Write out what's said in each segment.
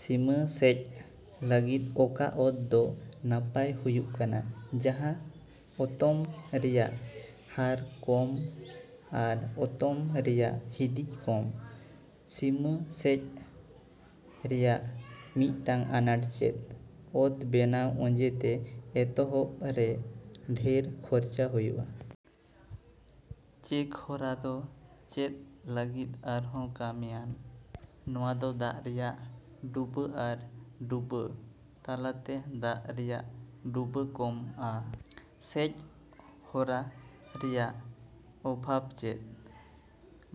ᱥᱤᱢᱟᱹ ᱥᱮᱪ ᱞᱟᱹᱜᱤᱫ ᱚᱠᱟ ᱚᱛ ᱫᱚ ᱱᱟᱯᱟᱭ ᱦᱩᱭᱩᱜ ᱠᱟᱱᱟ? ᱡᱟᱦᱟᱸ ᱚᱛᱚᱢ ᱨᱮᱭᱟᱜ ᱦᱟᱨ ᱠᱚᱢ ᱟᱨ ᱚᱛᱚᱢ ᱨᱮᱭᱟᱜ ᱦᱤᱫᱤᱡ ᱠᱚᱢ᱾ ᱥᱤᱢᱟᱹ ᱥᱮᱪ ᱨᱮᱭᱟᱜ ᱢᱤᱫᱴᱟᱝ ᱟᱱᱟᱴ ᱪᱮᱫ? ᱚᱛ ᱵᱮᱱᱟᱣ ᱚᱡᱮ ᱛᱮ ᱮᱛᱚᱦᱚᱵ ᱨᱮ ᱰᱷᱮᱨ ᱠᱷᱚᱨᱪᱟ ᱦᱩᱭᱩᱜᱼᱟ᱾ ᱪᱮᱠ ᱦᱚᱨᱟ ᱫᱚ ᱪᱮᱫ ᱞᱟᱹᱜᱤᱫ ᱟᱨᱦᱚᱸ ᱠᱟᱹᱢᱤ ᱟᱱ? ᱱᱚᱶᱟ ᱫᱚ ᱫᱟᱜ ᱨᱮᱭᱟᱜ ᱰᱩᱰᱟ. ᱟᱨ ᱰᱩᱰᱟ. ᱛᱟᱞᱟᱛᱮ ᱫᱟᱜ ᱨᱮᱭᱟᱜ ᱰᱩᱰᱟ. ᱠᱚᱢᱼᱟ᱾ ᱥᱮᱪ ᱦᱚᱨᱟ ᱨᱮᱭᱟᱜ ᱚᱵᱷᱟᱵᱽ ᱪᱮᱫ?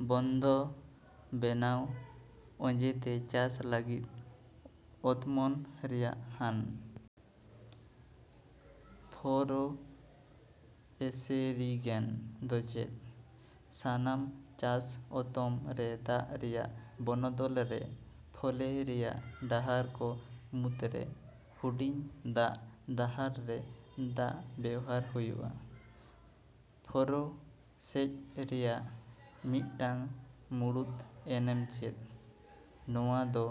ᱵᱚᱱᱫᱷᱚ ᱵᱮᱱᱟᱣ ᱚᱡᱮ ᱛᱮ ᱪᱟᱥ ᱞᱟᱹᱜᱤᱫ ᱚᱛᱢᱚᱱ ᱨᱮᱭᱟᱜ ᱦᱟᱹᱱ᱾ ᱯᱷᱚᱨᱳ ᱮᱥᱮᱨᱤᱜᱮᱱ ᱫᱚ ᱪᱮᱫ? ᱥᱟᱱᱟᱢ ᱪᱟᱥ ᱚᱛᱚᱢ ᱨᱮ ᱫᱟᱜ ᱨᱮᱭᱟᱜ ᱵᱚᱱᱚᱫᱚᱞ ᱨᱮ ᱯᱷᱚᱞᱮ ᱨᱮᱭᱟᱜ ᱰᱟᱦᱟᱨ ᱠᱚ ᱢᱩᱫ ᱨᱮ ᱦᱩᱰᱤᱧ ᱫᱟᱜ ᱰᱟᱦᱟᱨ ᱨᱮ ᱫᱟᱜ ᱵᱮᱣᱦᱟᱨ ᱦᱩᱭᱩᱜᱼᱟ᱾ ᱯᱷᱚᱨᱳ ᱥᱮᱪ ᱨᱮᱭᱟᱜ ᱢᱤᱫᱴᱟᱝ ᱢᱩᱲᱩᱫ ᱮᱱᱮᱢ ᱪᱮᱫ? ᱱᱚᱶᱟ ᱫᱚ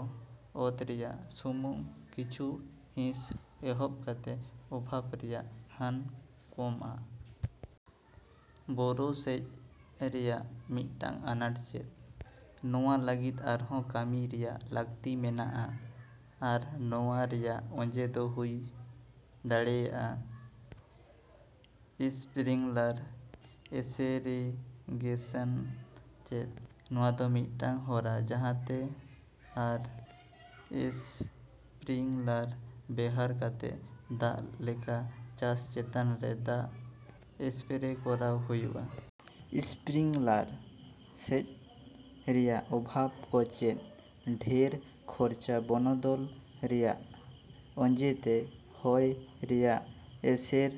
ᱚᱛ ᱨᱮᱭᱟᱜ ᱥᱩᱢᱩᱝ ᱠᱤᱪᱷᱩ ᱦᱤᱸᱥ ᱮᱦᱚᱵ ᱠᱟᱛᱮ ᱚᱵᱷᱟᱵᱽ ᱨᱮᱭᱟᱜ ᱦᱟᱹᱱ ᱠᱚᱢᱼᱟ᱾ ᱵᱳᱨᱳ ᱥᱮᱪ ᱨᱮᱭᱟᱜ ᱢᱤᱫᱴᱟᱝ ᱟᱱᱟᱴ ᱪᱮᱫ? ᱱᱚᱶᱟ ᱞᱟᱹᱜᱤᱫ ᱟᱨᱦᱚᱸ ᱠᱟᱹᱢᱤ ᱨᱮᱭᱟᱜ ᱞᱟᱹᱠᱛᱤ ᱢᱮᱱᱟᱜᱼᱟ ᱟᱨ ᱱᱚᱶᱟ ᱨᱮᱭᱟᱜ ᱚᱡᱮ ᱫᱚ ᱦᱩᱭ ᱫᱟᱲᱮᱭᱟᱜᱼᱟ ᱾ ᱥᱯᱨᱤᱝᱞᱟᱨ ᱮᱥᱮᱨᱤᱜᱮᱥᱚᱱ ᱪᱮᱫ? ᱱᱚᱶᱟ ᱫᱚ ᱢᱤᱫᱴᱟᱝ ᱦᱚᱨᱟ ᱡᱟᱦᱟᱸᱛᱮ ᱟᱨ ᱮᱥᱯᱨᱤᱝᱞᱟᱨ ᱵᱮᱣᱦᱟᱨ ᱠᱟᱛᱮ ᱫᱟᱜ ᱞᱮᱠᱟᱱ ᱪᱟᱥ ᱪᱮᱛᱟᱱ ᱨᱮ ᱫᱟᱜ ᱮᱥᱯᱨᱮ ᱠᱚᱨᱟᱣ ᱦᱩᱭᱩᱜᱼᱟ᱾ ᱥᱯᱨᱤᱝᱞᱟᱨ ᱥᱮᱪ ᱨᱮᱭᱟᱜ ᱚᱵᱷᱟᱵᱽ ᱠᱚ ᱪᱮᱫ? ᱰᱷᱮᱨ ᱠᱷᱚᱨᱪᱟ, ᱵᱚᱱᱚᱫᱚᱞ ᱨᱮᱭᱟᱜ ᱚᱡᱮᱛᱮ, ᱦᱚᱭ ᱨᱮᱭᱟᱜ ᱮᱥᱮᱨ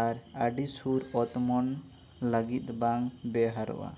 ᱟᱨ ᱟᱹᱰᱤ ᱥᱩᱨ ᱚᱛᱢᱚᱱ ᱞᱟᱹᱜᱤᱫ ᱵᱟᱝ ᱵᱮᱣᱦᱟᱨᱚᱜᱼᱟ᱾